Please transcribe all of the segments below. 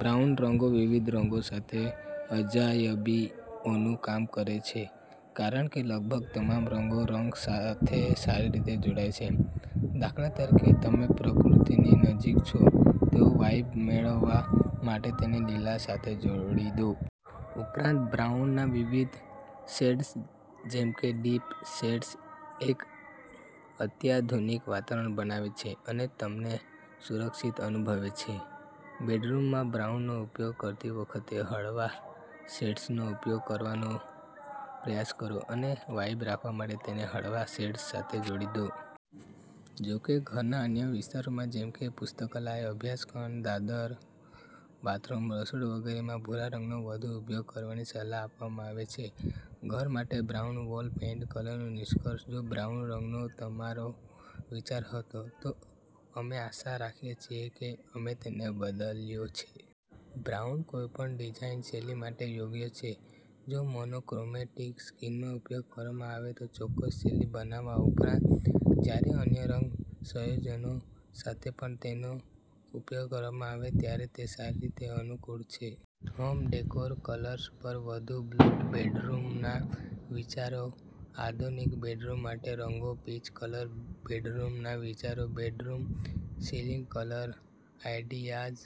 Brown રંગો વિવિધ રંગો સાથે અજાયબીઓનું કામ કરે છે, કારણ કે લગભગ તમામ રંગો રંગ સાથે સારી રીતે જોડાય છે. દાખલા તરીકે, તમે પ્રકૃતિની નજીક છો તેવો વાઇબ મેળવવા માટે તેને લીલા સાથે જોડી દો. ઉપરાંત, બ્રાઉનના વિવિધ શેડ્સ જેમ કે ડીપ શેડ્સ, એક અત્યાધુનિક વાતાવરણ બનાવે છે અને તમને સુરક્ષિત અનુભવે છે. બેડરૂમમાં બ્રાઉનનો ઉપયોગ કરતી વખતે, હળવા શેડ્સનો ઉપયોગ કરવાનો પ્રયાસ કરો અને વાઇબ રાખવા માટે તેને હળવા શેડ્સ સાથે જોડી દો. જો કે, ઘરના અન્ય વિસ્તારોમાં જેમ કે પુસ્તકાલય, અભ્યાસ ખંડ, દાદર, બાથરૂમ, રસોડું વગેરેમાં ભૂરા રંગનો વધુ ઉપયોગ કરવાની સલાહ આપવામાં આવે છે. ઘર માટે બ્રાઉન વોલ પેઇન્ટ કલરનું નિષ્કર્ષ જો બ્રાઉન રંગનો તમારો વિચારહતો, તો અમે આશા રાખીએ છીએ કે અમે તેને બદલ્યો છે! બ્રાઉન કોઈપણ ડિઝાઇન શૈલી માટે યોગ્ય છે. જો મોનોક્રોમેટિક સ્કીમમાં ઉપયોગ કરવામાં આવે તો ચોક્કસ શૈલી બનાવવા ઉપરાંત, જ્યારે અન્ય રંગ સંયોજનો સાથે પણ તેનો ઉપયોગ કરવામાં આવે ત્યારે તે સારી રીતે અનુકૂળ છે! હોમ ડેકોર કલર્સ પર વધુ બ્લુ બેડરૂમના વિચારો આધુનિક બેડરૂમ માટે રંગો પીચ કલર બેડરૂમના વિચારો bedroom ceiling colour ideas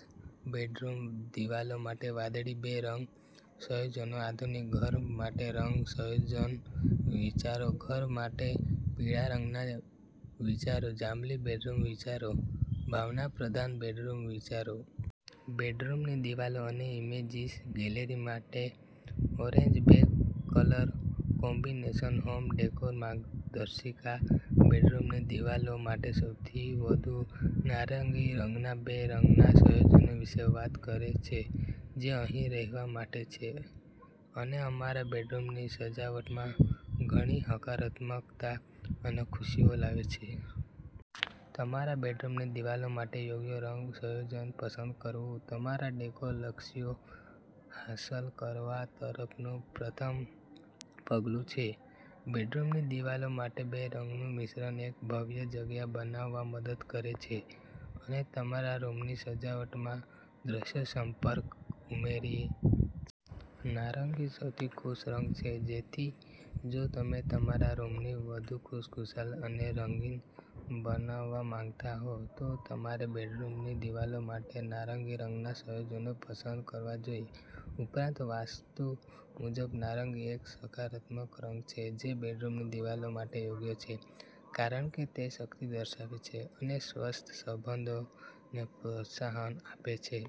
bedroom દિવાલો માટે વાદળી બે રંગ સંયોજનો આધુનિક ઘર માટે રંગ સંયોજન વિચારો ઘર માટે પીળા રંગના વિચારો જાંબલી બેડરૂમ વિચારો ભાવનાપ્રધાન બેડરૂમ વિચારો+.. બેડરૂમની દિવાલો અને ઈમેજીસ ગેલેરી માટે ઓરેન્જ બે કલર કોમ્બિનેશન હોમ ડેકોર માર્ગદર્શિકા બેડરૂમની દિવાલો માટે સૌથી વધુ નારંગી રંગના બે રંગના સંયોજનો વિશે વાત કરે છે જે અહીં રહેવા માટે છે અને તમારા બેડરૂમની સજાવટમાં ઘણી હકારાત્મકતા અને ખુશીઓ લાવે છે. તમારા બેડરૂમની દિવાલો માટે યોગ્ય રંગ સંયોજન પસંદ કરવુંતમારા ડેકોર લક્ષ્યો હાંસલ કરવા તરફનું પ્રથમ પગલું છે. બેડરૂમની દિવાલો માટે બે રંગનું મિશ્રણ એક ભવ્ય જગ્યા બનાવવામાં મદદ કરે છે અને તમારા રૂમની સજાવટમાં દ્રશ્ય સંપર્ક ઉમેરે છે. નારંગીસૌથી ખુશ રંગ છે. તેથી, જો તમે તમારા રૂમને વધુ ખુશખુશાલ અને રંગીન બનાવવા માંગતા હો, તો તમારે બેડરૂમની દિવાલો માટે નારંગી રંગના સંયોજનો પસંદ કરવા જોઈએ. ઉપરાંત, વાસ્તુ મુજબ, નારંગી એક સકારાત્મક રંગ છે જે બેડરૂમની દિવાલો માટે યોગ્ય છે કારણ કે તે શક્તિ દર્શાવે છે અને સ્વસ્થ સંબંધોને પ્રોત્સાહન આપે છે.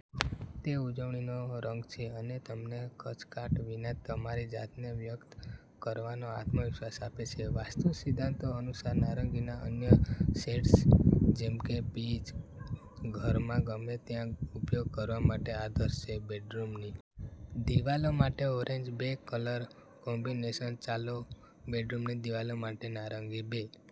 તે ઉજવણીનો રંગ છે અને તમને ખચકાટ વિના તમારી જાતને વ્યક્ત કરવાનો આત્મવિશ્વાસ આપે છે. વાસ્તુ સિદ્ધાંતો અનુસાર, નારંગીના અન્ય શેડ્સ, જેમ કે પીચ, ઘરમાં ગમે ત્યાં ઉપયોગ કરવા માટે આદર્શ છે. બેડરૂમની દિવાલો માટે ઓરેન્જ બે કલર કોમ્બિનેશન ચાલો બેડરૂમની દિવાલો માટે નારંગી બે